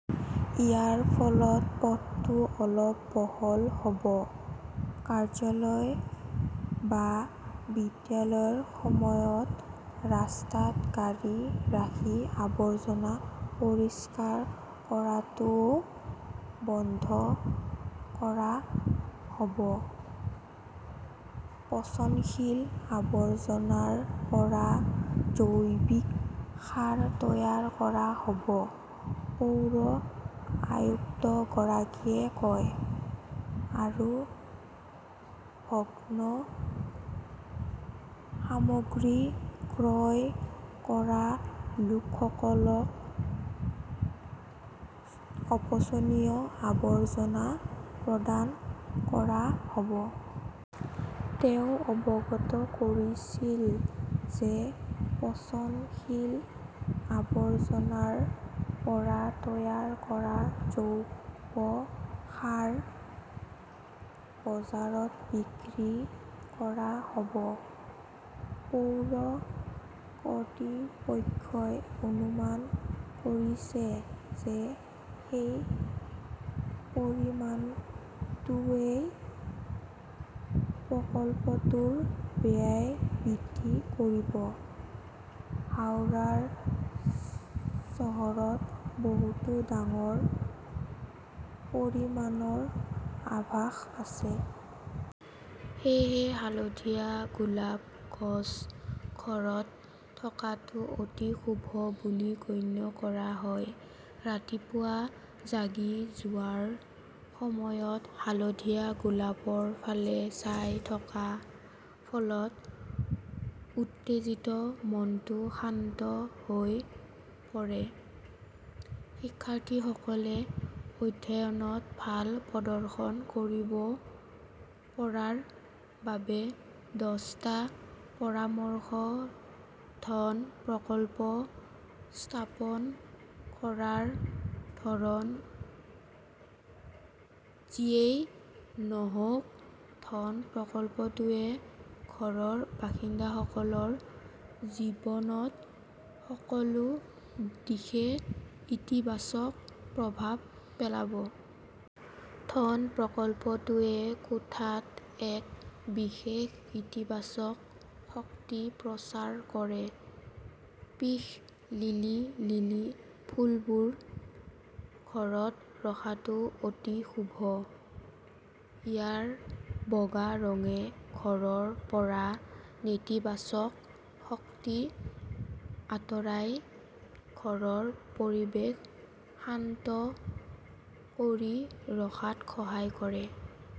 ইয়াৰ ফলত পথটো অলপ বহল হ'ব। কাৰ্যালয় বা বিদ্যালয়ৰ সময়ত ৰাস্তাত গাড়ী ৰাখি আৱৰ্জনা পৰিষ্কাৰ কৰাটোও বন্ধ কৰা হ'ব। পচনশীল আৱৰ্জনাৰ পৰা জৈৱিক সাৰ তৈয়াৰ কৰা হ'ব, পৌৰ আয়ুক্তগৰাকীয়ে কয়। আৰু ভগ্ন সামগ্ৰী ক্ৰয় কৰা লোকসকলক অপচনীয় আৱৰ্জনা প্ৰদান কৰা হ'ব। তেওঁ অৱগত কৰিছিল যে পচনশীল আৱৰ্জনাৰ পৰা তৈয়াৰ কৰা জৈৱ সাৰ বজাৰত বিক্ৰী কৰা হ'ব। পৌৰ কৰ্তৃপক্ষই অনুমান কৰিছে যে সেই পৰিমাণটোৱেই প্ৰকল্পটোৰ ব্যয় বৃদ্ধি কৰিব। হাওৰা চহৰত বহুতো ডাঙৰ পৰিমাণৰ আৱাস আছে। সেয়েহে হালধীয়া গোলাপ গছ ঘৰত থকাটো অতি শুভ বুলি গণ্য কৰা হয়। ৰাতিপুৱা জাগি যোৱাৰ সময়ত হালধীয়া গোলাপৰ ফালে চাই থকাৰ ফলত উত্তেজিত মনটো শান্ত হৈ পৰে। শিক্ষাৰ্থীসকলে অধ্যয়নত ভাল প্ৰদৰ্শন কৰিব পৰাৰ বাবে দচটা পৰামৰ্শ ধন প্ৰকল্প স্থাপন কৰাৰ ধৰণ যিয়েই নহওক, ধন প্ৰকল্পটোৱে ঘৰৰ বাসিন্দাসকলৰ জীৱনত সকলো দিশতে ইতিবাচক প্ৰভাৱ পেলাব। ধন প্ৰকল্পটোৱে কোঠাত এক বিশেষ ইতিবাচক শক্তি প্ৰচাৰ কৰে। পিস লিলি - লিলি ফুলবোৰ ঘৰত ৰখাটো অতি শুভ। ইয়াৰ বগা ৰঙে ঘৰৰ পৰা নেতিবাচক শক্তি আঁতৰাই ঘৰৰ পৰিৱেশ শান্ত কৰি ৰখাত সহায় কৰে।